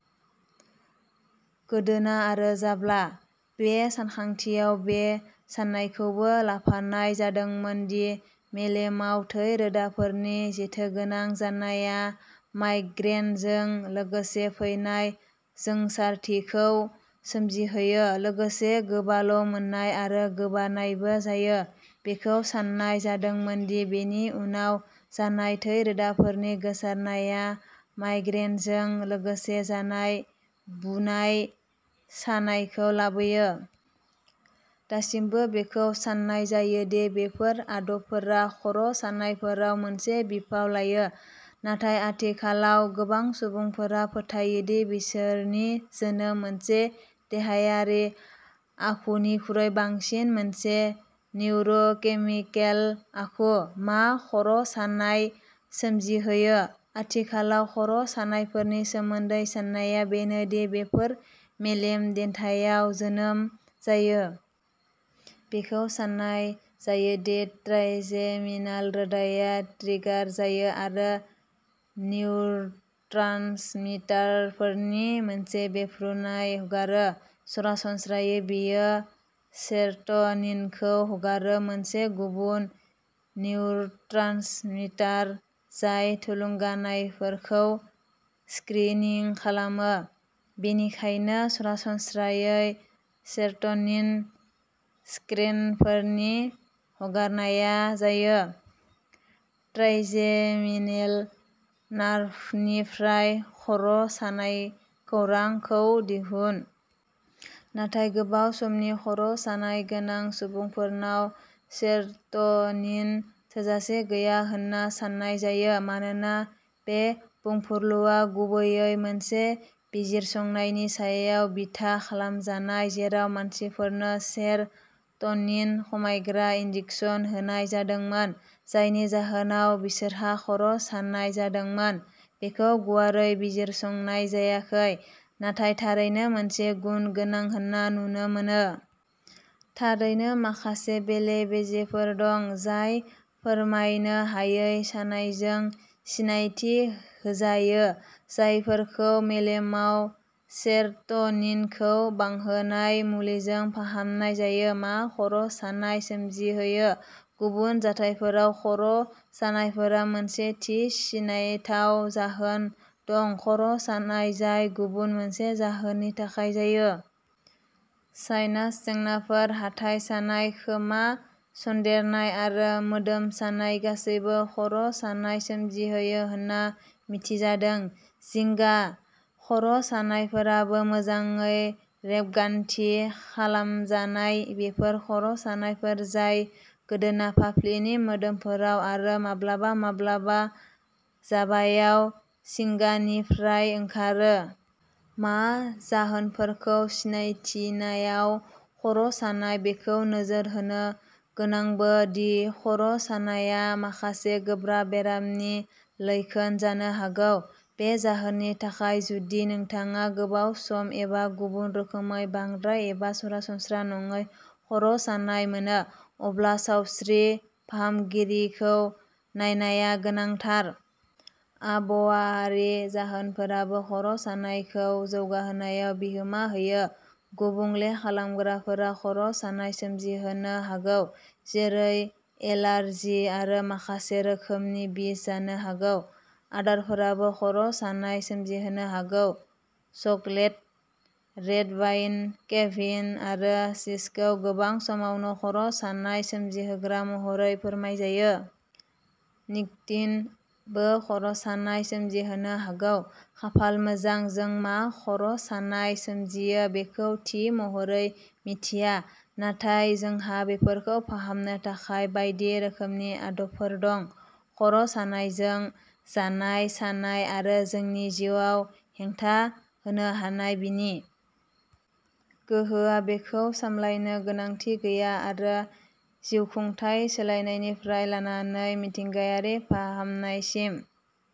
गोदोना आरो जाब्ला। बे सानखांथियाव बे साननायखौबो लाफानाय जादोंमोन दि मेलेमाव थै रोदाफोरनि जेथोगोनां जानाया माइग्रेनजों लोगोसे फैनाय जोंसारथिखौ सोमजिहोयो, लोगोसे गोबाल'मोननाय आरो गोबानायबो जायो। बेखौ साननाय जादोंमोन दि बेनि उनाव जानाय थै रोदाफोरनि गोसारनाया माइग्रेनजों लोगोसे जानाय बुनाय सानायखौ लाबोयो। दासिमबो बेखौ साननाय जायो दि बेफोर आदबफोरा खर'सानायफोराव मोनसे बिफाव लायो, नाथाय आथिखालाव गोबां सुबुंफोरा फोथायो दि बिसोरनि जोनोमा मोनसे देहायारि आखुनिख्रुइ बांसिन मोनसे निउर'केमिकेल आखु। मा खर'सानाय सोमजिहोयो? आथिखालाव खर'सानायफोरनि सोमोन्दै साननाया बेनो दि बेफोरो मेलेम देन्थायाव जोनोम जायो। बेखौ साननाय जायो दि ट्राइजेमिनाल रोदाआ ट्रिगार जायो आरो निउर'ट्रान्समिटारफोरनि मोनसे बेरफ्रुनाय हगारो। सरासनस्रायै, बेयो सेर'ट'निनखौ हगारो, मोनसे गुबुन निउर'ट्रान्समिटार जाय थुलुंगानायफोरखौ "स्क्रिनिं" खालामो। बेनिखायनो, सरासनस्रायै, सेर'ट'निन स्क्रिनफोरनि हगारनाया जायो। ट्राइजेमिनल नार्भनिफ्राय "खर" सानाय खौरां "खौ दिहुन। नाथाय, गोबाव समनि खर" सानाय गोनां सुबुंफोरनाव सेर "टनिन थोजासे गैया होनना साननाय जायो। मानोना बे बुंफुरलुआ गुबैयै मोनसे बिजिरसंनायनि सायाव बिथा खालामजानाय जेराव मानसिफोरनो सेर" टनिन-खमायग्रा इन्जेक्सन होनाय जादोंमोन, जायनि जाहोनाव बिसोरहा खर "सानाय जादोंमोन, बेखौ गुवारै बिजिरसंनाय जायाखै, नाथाय थारैनो माखासे गुन गोनां होनना नुनो मोनो। थारैनो, माखासे बेले-बेजेफोर दं जाय फोरमायनो हायै सानायजों सिनायथि होजायो जायफोरखौ मेलेमाव सेर" टनिनखौ बांहोनाय मुलिजों फाहामनाय जायो। मा खर "सानाय सोमजिहोयो? गुबुन जाथायफोराव, खर" सानायफोरा मोनसे थि सिनायथाव जाहोन दं-खर "सानाय जाय गुबुन मोनसे जाहोननि थाखाय जायो। साइनास जेंनाफोर, हाथाइ सानाय, खोमा सन्देरनाय आरो मोदोम सानाय गासैबो खर" सानाय सोमजिहोयो होनना मिथिजादों। जिंगा खर "सानायफोराबो मोजाङै रेबगान्थि खालामजानाय। बेफोर खर" सानायफोर जाय गोदोना फाफ्लिनि मोदोमफोराव आरो माब्लाबा-माब्लाबा जाबायाव जिंगानिफ्राय ओंखारो। मा जाहोनफोरखौ सिनायथिनायाव। खर "सानाय, बेखौ नोजोर होनो गोनांबो दि खर" सानायआ माखासे गोब्राब बेरामनि लैखोन जानो हागौ। बे जाहोननि थाखाय, जुदि नोंथाङा गोबाव सम एबा गुबुन रोखोमै बांद्राय एबा सरासनस्रा नङै खर "सानाय मोनो, अब्ला सावस्रि फाहामगिरिखौ नायनाया गोनांथार। आबहावायारि जाहोनफोराबो खर" सानायखौ जौगाहोनायाव बिहोमा होयो। गुबुंले खालामग्राफोरा खर "सानाय सोमजिहोनो हागौ, जेरै एलार्जि आरो माखासे रोखोमनि बिस जानो हागौ। आदारफोराबो खर" सानाय सोमजिहोनो हागौ; चकलेट, रेड वाइन, केफिन आरो चीजखौ गोबां समावनो खर "सानाय सोमजिहोग्रा महरै फोरमायजायो। निक'टिन बो खर'सानाय सोमजिहोनो हागौ। खाफाल मोजां, जों मा खर'सानाय सोमजिहोयो बेखौ थि महरै मिथिया, नाथाय जोंहा बेफोरखौ फाहामनो थाखाय बायदि रोखोमनि आदबफोर दं। खर'सानायजों जानाय सानाय-आरो जोंनि जिउआव हेंथा होनो हानाय बिनि गोहोआ-बेखौ सामलायनो गोनांथि गैया, आरो जिउखुंथाय सोलायनायनिफ्राय लानानै मिथिंगायारि फाहामनायसिम,